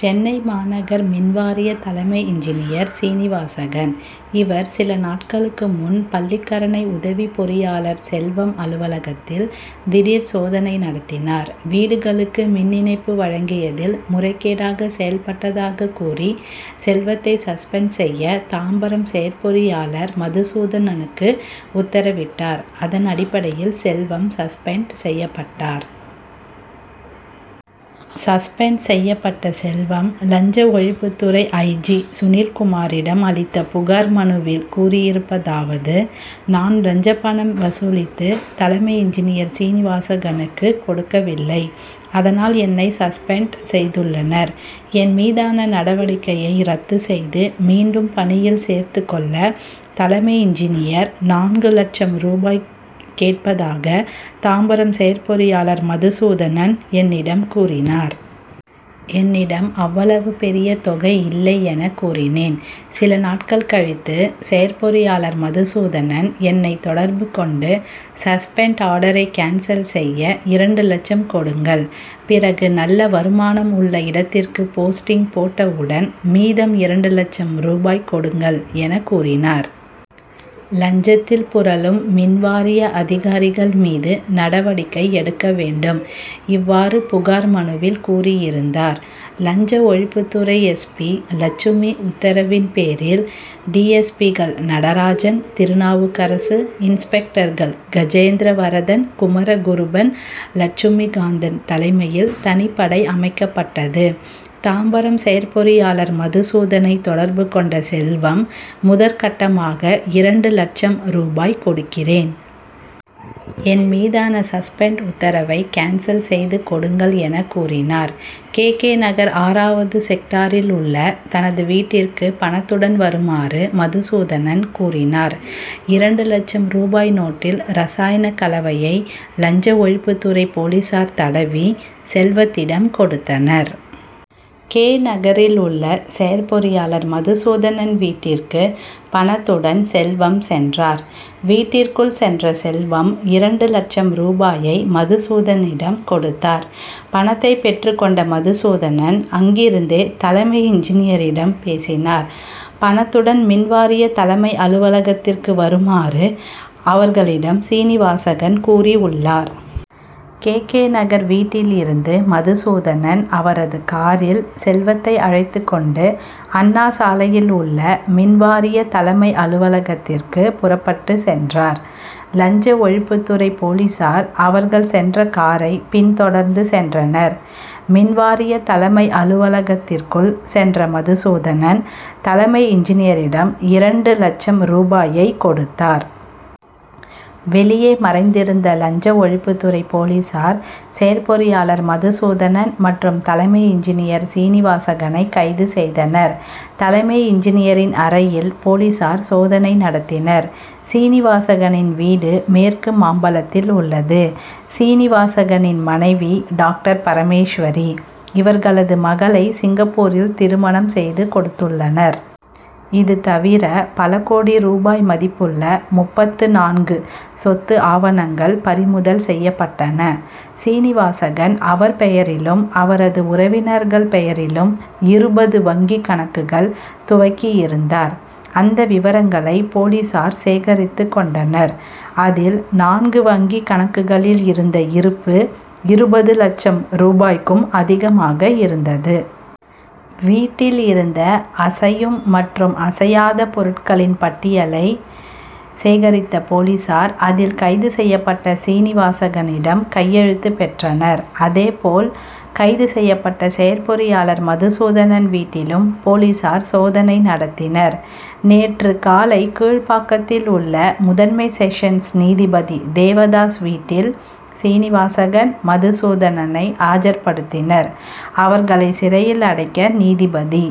சென்னை மாநகர் மின்வாரிய தலைமை இன்ஜினியர் சீனிவாசகன். இவர், சில நாட்களுக்கு முன் பள்ளிக்கரணை உதவி பொறியாளர் செல்வம் அலுவலகத்தில் திடீர் சோதனை நடத்தினார். வீடுகளுக்கு மின் இணைப்பு வழங்கியதில் முறைகேடாக செயல்பட்டதாக கூறி, செல்வத்தை சஸ்பெண்ட் செய்ய, தாம்பரம் செயற்பொறியாளர் மதுசூதனனுக்கு உத்தரவிட்டார். அதன் அடிப்படையில் செல்வம் சஸ்பெண்ட் செய்யப்பட்டார். சஸ்பெண்ட் செய்யப்பட்ட செல்வம், லஞ்ச ஒழிப்புத்துறை ஐ. ஜி., சுனில்குமாரிடம் அளித்த புகார் மனுவில் கூறியருப்பதாவது நான் லஞ்ச பணம் வசூலித்து தலைமை இன்ஜினியர் சீனிவாசகனுக்கு கொடுக்கவில்லை. அதனால், என்னை சஸ்பெண்ட் செய்துள்ளனர். என் மீதான நடவடிக்கையை ரத்து செய்து மீண்டும் பணியில் சேர்த்துக் கொள்ள தலைமை இன்ஜினியர், நான்கு லட்சம் ரூபாய் கேட்பதாக, தாம்பரம் செயற்பொறியாளர் மதுசூதனன் என்னிடம் கூறினார். என்னிடம் அவ்வளவு பெரிய தொகை இல்லை என கூறினேன். சில நாட்கள் கழித்து, செயற்பொறியாளர் மதுசூதனன் என்னை தொடர்பு கொண்டு, சஸ்பெண்ட் ஆர்டரை கேன்சல் செய்ய இரண்டு லட்சம் கொடுங்கள், பிறகு நல்ல வருமானம் உள்ள இடத்திற்கு போஸ்டிங் போட்டவுடன் மீதம் இரண்டு லட்சம் ரூபாய் கொடுங்கள் என கூறினார். லஞ்சத்தில் புரளும் மின்வாரிய அதிகாரிகள் மீது நடவடிக்கை எடுக்க வேண்டும். இவ்வாறு புகார் மனுவில் கூறியிருந்தார். லஞ்ச ஒழிப்புத்துறை எஸ். பி., லட்சுமி உத்தரவின் பேரில் டி. எஸ். பி.,கள் நடராஜன், திருநாவுக்கரசு, இன்ஸ்பெக்டர்கள் கஜேந்திரவரதன், குமரகுருபரன், லட்சுமிகாந்தன் தலைமையில் தனிப்படை அமைக்கப்பட்டது. தாம்பரம் செயற்பொறியாளர் மதுசூதனை தொடர்பு கொண்ட செல்வம், முதற்கட்டமாக இரண்டு லட்சம் ரூபாய் கொடுக்கிறேன். என் மீதான சஸ்பெண்ட் உத்தரவை கேன்சல் செய்து கொடுங்கள் என கூறினார். கே. கே. நகர் ஆறாவது செக்டாரில் உள்ள தனது வீட்டிற்கு பணத்துடன் வருமாறு மதுசூதனன் கூறினார். இரண்டு லட்சம் ரூபாய் நோட்டில் ரசாயன கலவையை, லஞ்ச ஒழிப்புத் துறை போலீசார் தடவி, செல்வத்திடம் கொடுத்தனர். கே. நகரில் உள்ள செயற்பொறியாளர் மதுசூதனன் வீட்டிற்கு, பணத்துடன் செல்வம் சென்றார். வீட்டிற்குள் சென்ற செல்வம், இரண்டு லட்சம் ரூபாயை, மதுசூதனனிடம் கொடுத்தார். பணத்தை பெற்றுக் கொண்ட மதுசூதனன், அங்கிருந்தே தலைமை இன்ஜினியரிடம் பேசினார். பணத்துடன் மின்வாரிய தலைமை அலுவலகத்திற்கு வருமாறு, அவர்களிடம் சீனிவாசகன் கூறியுள்ளார். கே. கே. நகர் வீட்டில் இருந்து மதுசூதனன் அவரது காரில், செல்வத்தை அழைத்துக் கொண்டு அண்ணாசாலையில் உள்ள மின்வாரிய தலைமை அலுவலகத்திற்கு புறப்பட்டுச் சென்றார். லஞ்ச ஒழிப்புத்துறை போலீசார், அவர்கள் சென்ற காரை பின்தொடர்ந்து சென்றனர். மின்வாரிய தலைமை அலுவலகத்திற்குள் சென்ற மதுசூதனன், தலைமை இன்ஜினியரிடம் இரண்டு லட்சம் ரூபாயை கொடுத்தார். வெளியே மறைந்திருந்த லஞ்ச ஒழிப்புத்துறை போலீசார், செயற்பொறியாளர் மதுசூதனன் மற்றும் தலைமை இன்ஜினியர் சீனிவாசகனை கைது செய்தனர். தலைமை இன்ஜினியரின் அறையில் போலீசார் சோதனை நடத்தினர். சீனிவாசகனின் வீடு மேற்கு மாம்பலத்தில் உள்ளது. சீனிவாசகனின் மனைவி டாக்டர் பரமேஸ்வரி. இவர்களது மகளை சிங்கப்பூரில் திருமணம் செய்து கொடுத்துள்ளனர். இது தவிர பல கோடி ரூபாய் மதிப்புள்ள முப்பத்து நான்கு சொத்து ஆவணங்கள் பறிமுதல் செய்யப்பட்டன. சீனிவாசகன் அவர் பெயரிலும் அவரது உறவினர்கள் பெயரிலும் இருபது வங்கி கணக்குகள் துவக்கியிருந்தார். அந்த விவரங்களை போலீசார் சேகரித்துக் கொண்டனர். அதில், நான்கு வங்கி கணக்குகளில் இருந்த இருப்பு, இருபது லட்சம் ரூபாய்க்கும் அதிகமாக இருந்தது. வீட்டில் இருந்த அசையும் மற்றும் அசையாத பொருட்களின் பட்டியலை சேகரித்த போலீசார், அதில் கைது செய்யப்பட்ட சீனிவாசகனிடம் கையெழுத்து பெற்றனர். அதே போல் கைது செய்யப்பட்ட செயற்பொறியாளர் மதுசூதனன் வீட்டிலும் போலீசார் சோதனை நடத்தினர். நேற்று காலை கீழ்ப்பாக்கத்தில் உள்ள முதன்மை செஷன்ஸ் நீதிபதி தேவதாஸ் வீட்டில் சீனிவாசகன், மதுசூதனனை ஆஜர்படுத்தினர். அவர்களை சிறையில் அடைக்க நீதிபதி